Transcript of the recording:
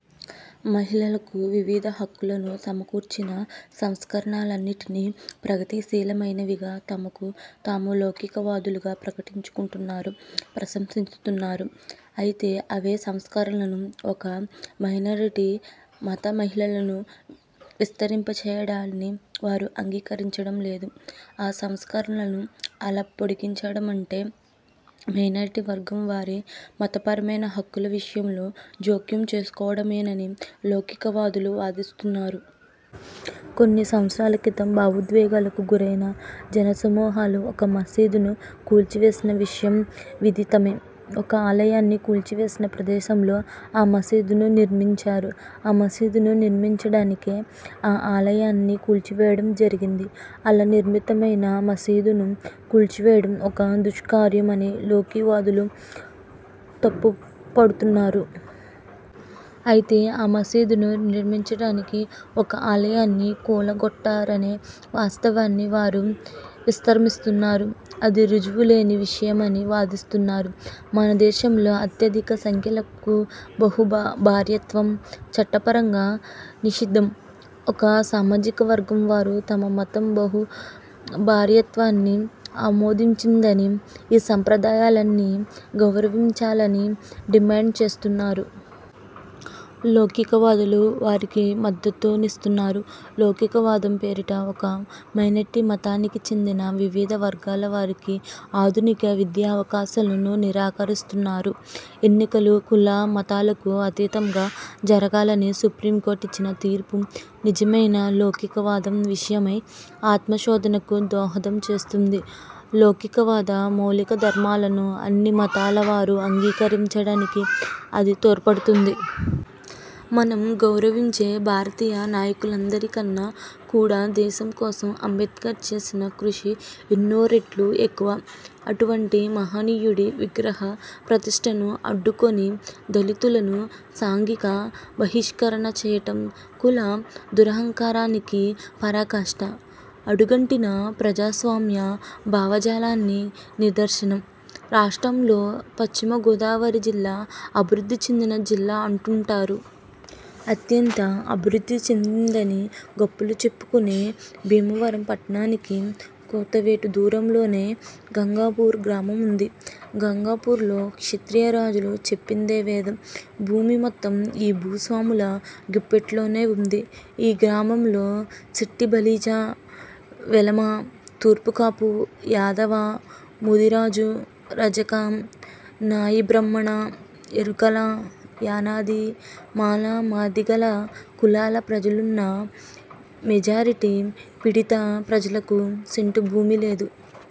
మహిళలకు వివిధ హక్కులను సమకూర్చిన సంస్కరణలన్నిటినీ ప్రగతిశీలమైనవిగా తమకు తాము లౌకికవాదులుగా ప్రకటించుకున్నవారు ప్రశంసిస్తున్నారు. అయితే అవే సంస్కరణలను ఒక మైనారిటీ మత మహిళలకు విస్తరింపచేయడాన్ని వారు అంగీకరించడం లేదు. ఆ సంస్కరణలను అలా పొడిగించడమంటే మైనారిటీ వర్గం వారి మతపరమైన హక్కుల విషయంలో జోక్యం చేసుకోవడమేనని లౌకికవాదులు వాదిస్తున్నారు! కొన్ని సంవత్సరాల క్రితం భావోద్వేగాలకు గురైన జనసమూహాలు ఒక మస్జీదును కూల్చివేసిన విషయం విదితమే. ఒక ఆలయాన్ని కూల్చివేసిన ప్రదేశంలో ఆ మస్జీదును నిర్మించారు. ఆ మస్జీదును నిర్మించడానికే ఆ ఆలయాన్ని కూల్చివేయడం జరిగింది. అలా నిర్మితమైన మస్జీదును కూల్చివేయడం ఒక 'దుష్కార్యం' అని లౌకివాదులు తప్పుపడుతున్నారు. అయితే ఆ మస్జీదును నిర్మించడానికి ఒక ఆలయాన్ని కూలగొట్టారనే వాస్తవాన్ని వారు విస్మరిస్తున్నారు. అది రుజువులేని విషయమని వాదిస్తున్నారు. మనదేశంలో అత్యధిక సంఖ్యాకులకు బహు భార్యాత్వం చట్టపరంగా నిషిద్ధం. ఒక సామాజికవర్గం వారు తమ మతం బహు భార్యత్వాన్ని ఆమోదించిందని, ఈ సంప్రదాయాన్ని గౌరవించాలని డిమాండ్ చేస్తున్నారు. లౌకికవాదులు వారికి మద్దతునిస్తున్నారు. లౌకిక వాదం పేరిట ఒక మైనారిటీ మతానికి చెందిన వివిధ వర్గాల వారికి ఆధునిక విద్యావకాశాలను నిరాకరిస్తున్నారు. ఎన్నికలు కుల మతాలకు అతీతంగా జరగాలని సప్రీంకోర్టు ఇచ్చిన తీర్పు నిజమైన లౌకికవాదం విషయమై ఆత్మశోధనకు దోహదం చేస్తుంది. లౌకికవాద మౌలికధర్మాలను అన్ని మతాలవారు అంగీకరించడానికి అది తోడ్పడుతుంది. మనం గౌరవించే జాతీయ నాయకులందరికన్నా కూడా దేశం కోసం అంబేడ్కర్ చేసిన కృషి ఎన్నో రెట్లు ఎక్కువ. అటువంటి మహనీయుడి విగ్రహ ప్రతిష్ఠను అడ్డుకొని దళితులను సాంఘిక బహిష్కరణ చేయటం కుల దురహంకారానికి పరాకాష్ట. అడుగంటిన ప్రజాస్వామ్య భావజాలానికి నిదర్శనం. రాష్ట్రంలోనే పశ్చిమగోదావరి జిల్లా అభివృద్ధి చెందిన జిల్లా అంటుంటారు. అత్యంత అభివృద్ధి చెందిందని గొప్పలు చెప్పుకునే భీమవరం పట్టణానికి కూతవేటు దూరంలోనే గంగపర్రు గ్రామం ఉంది. గంగపర్రులో క్షత్రియ రాజులు చెప్పిందే వేదం. భూమి మొత్తం ఈ భూస్వాముల గుప్పెట్లోనే ఉంది. ఈ గ్రామంలో శెట్టిబలిజ, వెలమ, తూర్పుకాపు, యాదవ, ముదిరాజు, రజక, నాయి బ్రాహ్మణ, ఎరుకల, యానాది, మాల, మాదిగల కులాల ప్రజలున్నా మెజారిటీ పీడిత ప్రజలకు సెంటు భూమి లేదు.